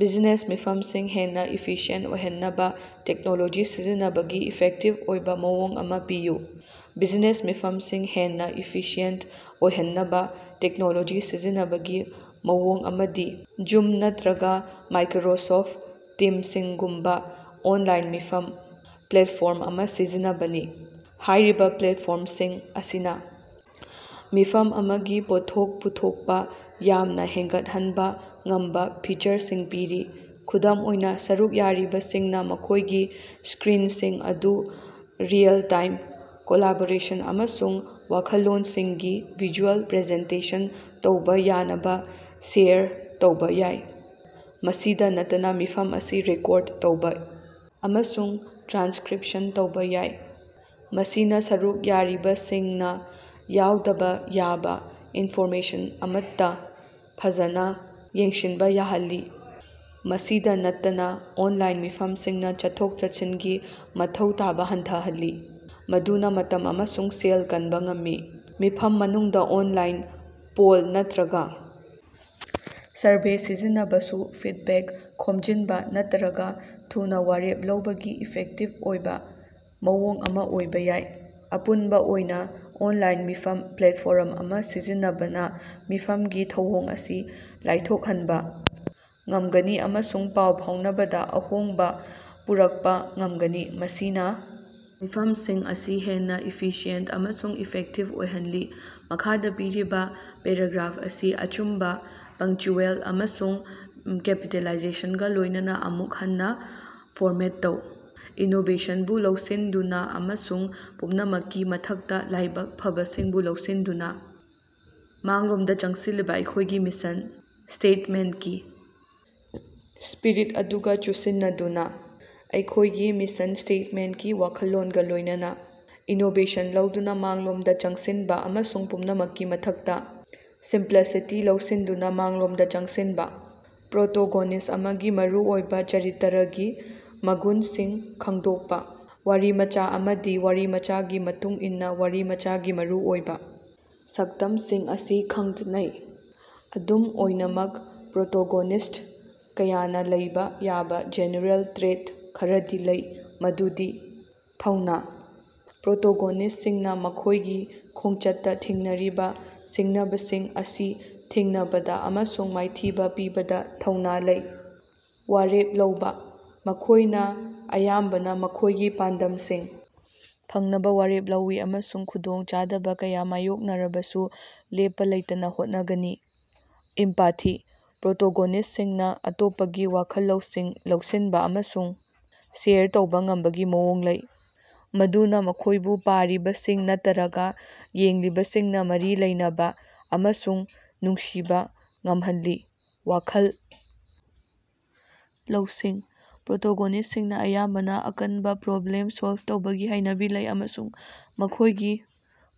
Business ꯃꯤꯐꯝꯁꯤꯡ ꯍꯦꯟꯅꯥ efficient ꯑꯣꯏꯍꯟꯅꯕ ꯇꯦꯛꯅꯣꯂꯣꯖꯤ ꯁꯤꯖꯤꯟꯅꯕꯒꯤ ꯏꯐꯦꯛꯇꯤꯚ ꯑꯣꯏꯕꯥ ꯃꯑꯣꯡ ꯑꯃꯥ ꯄꯤꯌꯨ꯫ ꯕꯤꯖꯤꯅꯦꯁ ꯃꯤꯐꯝꯁꯤꯡ ꯍꯦꯟꯅꯥ ꯏꯐꯤꯁꯤꯌꯦꯟꯇ ꯑꯣꯏꯍꯟꯅꯕ ꯇꯦꯛꯅꯣꯂꯣꯖꯤ ꯁꯤꯖꯤꯟꯅꯕꯒꯤ ꯃꯑꯣꯡ ꯑꯃꯗꯤ ꯖꯨꯝ ꯅꯠꯇꯔꯒꯥ ꯃꯥꯏꯀꯔꯣꯁꯣꯐ ꯇꯤꯝꯁꯤꯡꯒꯨꯝꯕꯥ ꯑꯣꯟꯂꯥꯏꯟ ꯃꯤꯐꯝ ꯄ꯭ꯂꯦꯠꯐꯣꯔꯝ ꯑꯃꯥ ꯁꯤꯖꯤꯟꯅꯕꯅꯤ꯫ ꯍꯥꯏꯔꯤꯕꯥ ꯄ꯭ꯂꯦꯠꯐꯣꯔꯝꯁꯤꯡ ꯑꯁꯤꯅ ꯃꯤꯐꯝ ꯑꯃꯒꯤ ꯄꯣꯠꯊꯣꯛ ꯄꯨꯊꯣꯛꯄꯥ ꯌꯥꯝꯅꯥ ꯍꯦꯟꯒꯠꯍꯟꯕꯥ ꯉꯝꯕꯥ ꯐꯤꯆꯔꯁꯤꯡ ꯄꯤꯔꯤ꯫ ꯈꯨꯗꯝ ꯑꯣꯏꯅꯥ, ꯁꯔꯨꯛ ꯌꯥꯔꯤꯕꯁꯤꯡꯅꯥ ꯃꯈꯣꯏꯒꯤ ꯁ꯭ꯀꯔꯤꯟꯁꯤꯡ ꯑꯗꯨ ꯔꯤꯑꯦꯜ-ꯇꯥꯏꯝ ꯀꯣꯂꯥꯕꯣꯔꯦꯁꯟ ꯑꯃꯁꯨꯡ ꯋꯥꯈꯜꯂꯣꯟꯁꯤꯡꯒꯤ ꯚꯤꯖꯨꯑꯦꯜ ꯄ꯭ꯔꯖꯦꯟꯇꯦꯁꯟ ꯇꯧꯕꯥ ꯌꯥꯅꯕ ꯁꯦꯌꯔ ꯇꯧꯕꯥ ꯌꯥꯏ꯫ ꯃꯁꯤꯗꯥ ꯅꯠꯇꯅ ꯃꯤꯐꯝ ꯑꯁꯤ ꯔꯦꯀꯣꯔꯗ ꯇꯧꯕꯥ ꯑꯃꯁꯨꯡ ꯇ꯭ꯔꯥꯟꯁꯀꯔꯤꯞꯁꯟ ꯇꯧꯕꯥ ꯌꯥꯏ, ꯃꯁꯤꯅꯥ ꯁꯔꯨꯛ ꯌꯥꯔꯤꯕꯁꯤꯡꯅꯥ ꯌꯥꯎꯗꯕꯥ ꯌꯥꯕꯥ ꯏꯟꯐꯣꯔꯃꯦꯁꯟ ꯑꯃꯠꯇꯥ ꯐꯖꯅꯥ ꯌꯦꯡꯁꯤꯟꯕꯥ ꯌꯥꯍꯜꯂꯤ꯫ ꯃꯁꯤꯒꯤ ꯃꯊꯛꯇꯥ, ꯑꯣꯟꯂꯥꯏꯟ ꯃꯤꯐꯝꯁꯤꯡꯅꯥ ꯆꯠꯊꯣꯛ-ꯆꯠꯁꯤꯟꯒꯤ ꯃꯊꯧ ꯇꯥꯕꯥ ꯍꯟꯊꯍꯜꯂꯤ, ꯃꯗꯨꯅꯥ ꯃꯇꯝ ꯑꯃꯁꯨꯡ ꯁꯦꯜ ꯀꯟꯕ ꯉꯝꯃꯤ꯫ ꯃꯤꯐꯝ ꯃꯅꯨꯡꯗ ꯑꯣꯟꯂꯥꯏꯟ ꯄꯣꯜ ꯅꯠꯇꯔꯒꯥ ꯁꯔꯚꯦ ꯁꯤꯖꯤꯟꯅꯕꯁꯨ ꯐꯤꯗꯕꯦꯛ ꯈꯣꯝꯖꯤꯟꯕꯥ ꯅꯠꯇꯔꯒ ꯊꯨꯅꯥ ꯋꯥꯔꯦꯞ ꯂꯧꯕꯒꯤ ꯏꯐꯦꯛꯇꯤꯕ ꯑꯣꯏꯕꯥ ꯃꯑꯣꯡ ꯑꯃꯥ ꯑꯣꯏꯕꯥ ꯌꯥꯏ꯫ ꯑꯄꯨꯟꯕ ꯑꯣꯏꯅꯥ, ꯑꯣꯟꯂꯥꯏꯟ ꯃꯤꯐꯝ ꯄ꯭ꯂꯦꯠꯐꯣꯔꯝ ꯑꯃꯥ ꯁꯤꯖꯤꯟꯅꯕꯅ ꯃꯤꯐꯝꯒꯤ ꯊꯧꯑꯣꯡ ꯑꯁꯤ ꯂꯥꯏꯊꯣꯛꯍꯟꯕꯥ ꯉꯝꯒꯅꯤ ꯑꯃꯁꯨꯡ ꯄꯥꯎ ꯐꯥꯎꯅꯕꯗꯥ ꯑꯍꯣꯡꯕ ꯄꯨꯔꯛꯄꯥ ꯉꯝꯒꯅꯤ, ꯃꯁꯤꯅꯥ ꯃꯤꯐꯝꯁꯤꯡ ꯑꯁꯤ ꯍꯦꯟꯅꯥ ꯏꯐꯤꯁꯤꯌꯦꯟꯇ ꯑꯃꯁꯨꯡ ꯏꯐꯦꯛꯇꯤꯕ ꯑꯣꯏꯍꯟꯒꯅꯤ꯫ ꯃꯈꯥꯗꯥ ꯄꯤꯔꯤꯕꯥ ꯄꯦꯔꯥꯒ꯭ꯔꯥꯐ ꯑꯁꯤ ꯑꯆꯨꯝꯕ ꯄꯪꯆ꯭ꯌꯨꯑꯦꯜ ꯑꯃꯁꯨꯡ ꯀꯦꯄꯤꯇꯦꯂꯥꯏꯖꯦꯁꯟꯒꯥ ꯂꯣꯏꯅꯅꯥ ꯑꯃꯨꯛ ꯍꯟꯅꯥ ꯐꯣꯔꯃꯦꯠ ꯇꯧ꯫ ꯏꯅꯣꯕꯦꯁꯟꯕꯨ ꯂꯧꯁꯤꯟꯗꯨꯅꯥ ꯑꯃꯁꯨꯡ ꯄꯨꯝꯅꯃꯛꯀꯤ ꯃꯊꯛꯇꯥ ꯂꯥꯏꯕꯛ ꯐꯕꯁꯤꯡꯕꯨ ꯂꯧꯁꯤꯟꯗꯨꯅꯥ ꯃꯥꯡꯂꯣꯝꯗꯥ ꯆꯪꯁꯤꯟꯅꯕꯥ ꯑꯩꯈꯣꯏꯒꯤ ꯃꯤꯁꯟ ꯁ꯭ꯇꯦꯠꯃꯦꯟꯇꯀꯤ ꯁ꯭ꯄꯤꯔꯤꯠ ꯑꯗꯨꯒꯥ ꯆꯨꯁꯤꯟꯅꯗꯨꯅꯥ꯫ ꯑꯩꯈꯣꯏꯒꯤ ꯃꯤꯁꯟ ꯁ꯭ꯇꯦꯠꯃꯦꯟꯠꯀꯤ ꯋꯥꯈꯜꯂꯣꯟꯒꯥ ꯂꯣꯏꯅꯅꯥ, ꯏꯅꯣꯕꯦꯁꯟ ꯂꯧꯗꯨꯅ ꯃꯥꯡꯂꯣꯝꯗ ꯆꯪꯁꯤꯟꯕ ꯑꯃꯁꯨꯡ ꯄꯨꯝꯅꯃꯛꯀꯤ ꯃꯊꯛꯇꯥ ꯁꯤꯝꯄꯜꯁꯤꯇꯤ ꯂꯧꯁꯤꯟꯗꯨꯅ ꯃꯥꯡꯂꯣꯝꯗ ꯆꯪꯁꯤꯟꯕ꯫ ꯄ꯭ꯔꯣꯇꯣꯒꯣꯅꯤꯁ꯭ꯠ ꯑꯃꯒꯤ ꯃꯔꯨꯑꯣꯏꯕꯥ ꯆꯔꯤꯇꯔꯒꯤ ꯃꯒꯨꯟꯁꯤꯡ ꯈꯪꯗꯣꯛꯄꯥ꯫ ꯋꯥꯔꯤꯃꯆꯥ ꯑꯃꯗꯤ ꯋꯥꯔꯤꯃꯆꯥꯒꯤ ꯃꯇꯨꯡ ꯏꯟꯅꯥ ꯋꯥꯔꯤꯃꯆꯥꯒꯤ ꯃꯔꯨ ꯑꯣꯏꯕꯥ ꯁꯛꯇꯝꯁꯤꯡ ꯑꯁꯤ ꯈꯪꯊꯅꯩ꯫ ꯑꯗꯨꯝ ꯑꯣꯏꯅꯃꯛ, ꯄ꯭ꯔꯣꯇꯣꯒꯣꯅꯤꯁ꯭ꯠ ꯀꯌꯥꯅꯥ ꯂꯩꯕꯥ ꯌꯥꯕꯥ ꯖꯦꯅꯦꯔꯦꯜ ꯇ꯭ꯔꯦꯠ ꯈꯔꯗꯤ ꯂꯩ ꯃꯗꯨꯗꯤ: ꯊꯧꯅꯥ: ꯄ꯭ꯔꯣꯇꯣꯒꯣꯅꯤꯁ꯭ꯇꯁꯤꯡꯅꯥ ꯃꯈꯣꯏꯒꯤ ꯈꯣꯡꯆꯠꯇꯥ ꯊꯦꯡꯅꯔꯤꯕꯥ ꯁꯤꯡꯅꯕꯁꯤꯡ ꯑꯁꯤ ꯊꯦꯡꯅꯕꯗꯥ ꯑꯃꯁꯨꯡ ꯃꯥꯏꯊꯤꯕꯥ ꯄꯤꯕꯗꯥ ꯊꯧꯅꯥ ꯂꯩ꯫ ꯋꯥꯔꯦꯞ ꯂꯧꯕꯥ: ꯃꯈꯣꯏꯅꯥ ꯑꯌꯥꯝꯕꯅ ꯃꯈꯣꯏꯒꯤ ꯄꯥꯟꯗꯝꯁꯤꯡ ꯐꯪꯅꯕꯥ ꯋꯥꯔꯦꯞ ꯂꯧꯏ ꯑꯃꯁꯨꯡ ꯈꯨꯗꯣꯡꯆꯥꯗꯕꯥ ꯀꯌꯥ ꯃꯥꯌꯣꯛꯅꯔꯕꯁꯨ ꯂꯦꯞꯄꯥ ꯂꯩꯇꯅꯥ ꯍꯣꯠꯅꯒꯅꯤ꯫ ꯏꯝꯄꯥꯇꯤ: ꯄ꯭ꯔꯣꯇꯣꯒꯣꯅꯤꯁ꯭ꯇꯁꯤꯡꯅꯥ ꯑꯇꯣꯞꯄꯒꯤ ꯋꯥꯈꯜ ꯂꯧꯁꯤꯡ ꯂꯧꯁꯤꯟꯕ ꯑꯃꯁꯨꯡ ꯁꯦꯌꯔ ꯇꯧꯕꯥ ꯉꯝꯕꯒꯤ ꯃꯑꯣꯡ ꯂꯩ, ꯃꯗꯨꯅꯥ ꯃꯈꯣꯏꯕꯨ ꯄꯥꯔꯤꯕꯁꯤꯡ ꯅꯠꯇꯔꯒ ꯌꯦꯡꯂꯤꯕꯁꯤꯡꯅ ꯃꯔꯤ ꯂꯩꯅꯕ ꯑꯃꯁꯨꯡ ꯅꯨꯡꯁꯤꯕꯥ ꯉꯝꯍꯜꯂꯤ꯫ ꯋꯥꯈꯜ ꯂꯧꯁꯤꯡ: ꯄ꯭ꯔꯣꯇꯣꯒꯣꯅꯤꯁ꯭ꯇꯁꯤꯡꯅ ꯑꯌꯥꯝꯕꯅ ꯑꯀꯟꯕꯥ ꯄ꯭ꯔꯣꯕ꯭ꯂꯦꯝ ꯁꯣꯜꯕ ꯇꯧꯕꯒꯤ ꯍꯩꯅꯕꯤ ꯂꯩ ꯑꯃꯁꯨꯡ ꯃꯈꯣꯏꯒꯤ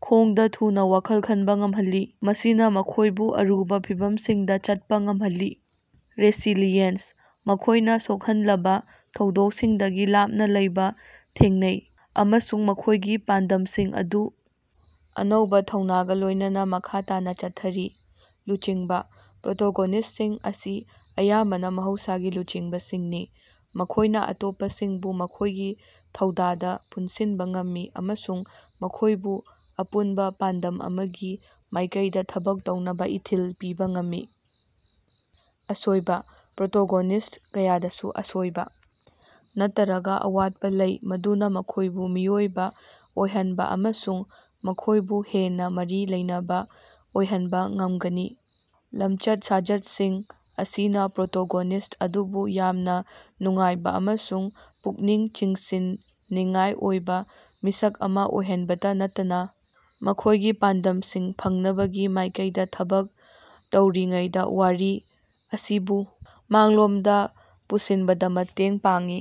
ꯈꯣꯡꯗꯥ ꯊꯨꯅꯥ ꯋꯥꯈꯜ ꯈꯟꯕꯥ ꯉꯝꯍꯜꯂꯤ, ꯃꯁꯤꯅꯥ ꯃꯈꯣꯏꯕꯨ ꯑꯔꯨꯕꯥ ꯐꯤꯚꯝꯁꯤꯡꯗꯥ ꯆꯠꯄꯥ ꯉꯝꯍꯜꯂꯤ꯫ ꯔꯦꯁꯤꯂꯤꯌꯦꯟꯁ: ꯃꯈꯣꯏꯅꯥ ꯁꯣꯛꯍꯜꯂꯕꯥ ꯊꯧꯗꯣꯛꯁꯤꯡꯗꯒꯤ ꯂꯥꯞꯅꯥ ꯂꯩꯕꯥ ꯊꯦꯡꯅꯩ, ꯑꯃꯁꯨꯡ ꯃꯈꯣꯏꯒꯤ ꯄꯥꯟꯗꯝꯁꯤꯡ ꯑꯗꯨ ꯑꯅꯧꯕꯥ ꯊꯧꯅꯥꯒ ꯂꯣꯏꯅꯅꯥ ꯃꯈꯥ ꯇꯥꯅꯥ ꯆꯠꯊꯔꯤ꯫ ꯂꯨꯆꯤꯡꯕꯥ: ꯄ꯭ꯔꯣꯇꯣꯒꯣꯅꯤꯁ꯭ꯇꯁꯤꯡ ꯑꯁꯤ ꯑꯌꯥꯝꯕꯅꯥ ꯃꯍꯧꯁꯥꯒꯤ ꯂꯨꯆꯤꯡꯕꯁꯤꯡꯅꯤ, ꯃꯈꯣꯏꯅꯥ ꯑꯇꯣꯞꯄꯁꯤꯡꯕꯨ ꯃꯈꯣꯏꯒꯤ ꯊꯧꯗꯥꯗ ꯄꯨꯟꯁꯤꯟꯕ ꯉꯝꯃꯤ ꯑꯃꯁꯨꯡ ꯃꯈꯣꯏꯕꯨ ꯑꯄꯨꯟꯕꯥ ꯄꯥꯟꯗꯝ ꯑꯃꯒꯤ ꯃꯥꯏꯀꯩꯗꯥ ꯊꯕꯛ ꯇꯧꯅꯕꯥ ꯏꯊꯤꯜ ꯄꯤꯕꯥ ꯉꯝꯃꯤ꯫ ꯑꯁꯣꯏꯕꯥ: ꯄ꯭ꯔꯣꯇꯣꯒꯣꯅꯤꯁ꯭ꯠ ꯀꯌꯥꯗꯁꯨ ꯑꯁꯣꯏꯕ ꯅꯠꯇꯔꯒꯥ ꯑꯋꯥꯠꯄꯥ ꯂꯩ ꯃꯗꯨꯅꯥ ꯃꯈꯣꯏꯕꯨ ꯃꯤꯑꯣꯏꯕ ꯑꯣꯏꯍꯟꯕ ꯑꯃꯁꯨꯡ ꯃꯈꯣꯏꯕꯨ ꯍꯦꯟꯅꯥ ꯃꯔꯤ ꯂꯩꯅꯕꯥ ꯑꯣꯏꯍꯟꯕꯥ ꯉꯝꯒꯅꯤ꯫ ꯂꯝꯆꯠ-ꯁꯥꯖꯠꯁꯤꯡ ꯑꯁꯤꯅꯥ ꯄ꯭ꯔꯣꯇꯣꯒꯣꯅꯤꯁ꯭ꯠ ꯑꯗꯨꯕꯨ ꯌꯥꯝꯅ ꯅꯨꯡꯉꯥꯏꯕꯥ ꯑꯃꯁꯨꯡ ꯄꯨꯛꯅꯤꯡ ꯆꯤꯡꯁꯤꯟꯅꯤꯡꯉꯥꯏ ꯑꯣꯏꯕꯥ ꯃꯤꯁꯛ ꯑꯃꯥ ꯑꯣꯏꯍꯟꯕꯇ ꯅꯠꯇꯅꯥ ꯃꯈꯣꯏꯒꯤ ꯄꯥꯟꯗꯝꯁꯤꯡ ꯐꯪꯅꯕꯒꯤ ꯃꯥꯏꯀꯩꯗꯥ ꯊꯕꯛ ꯇꯧꯔꯤꯉꯩꯗꯥ ꯋꯥꯔꯤ ꯑꯁꯤꯕꯨ ꯃꯥꯡꯂꯣꯝꯗꯥ ꯄꯨꯁꯤꯟꯕꯗꯥ ꯃꯇꯦꯡ ꯄꯥꯡꯏ꯫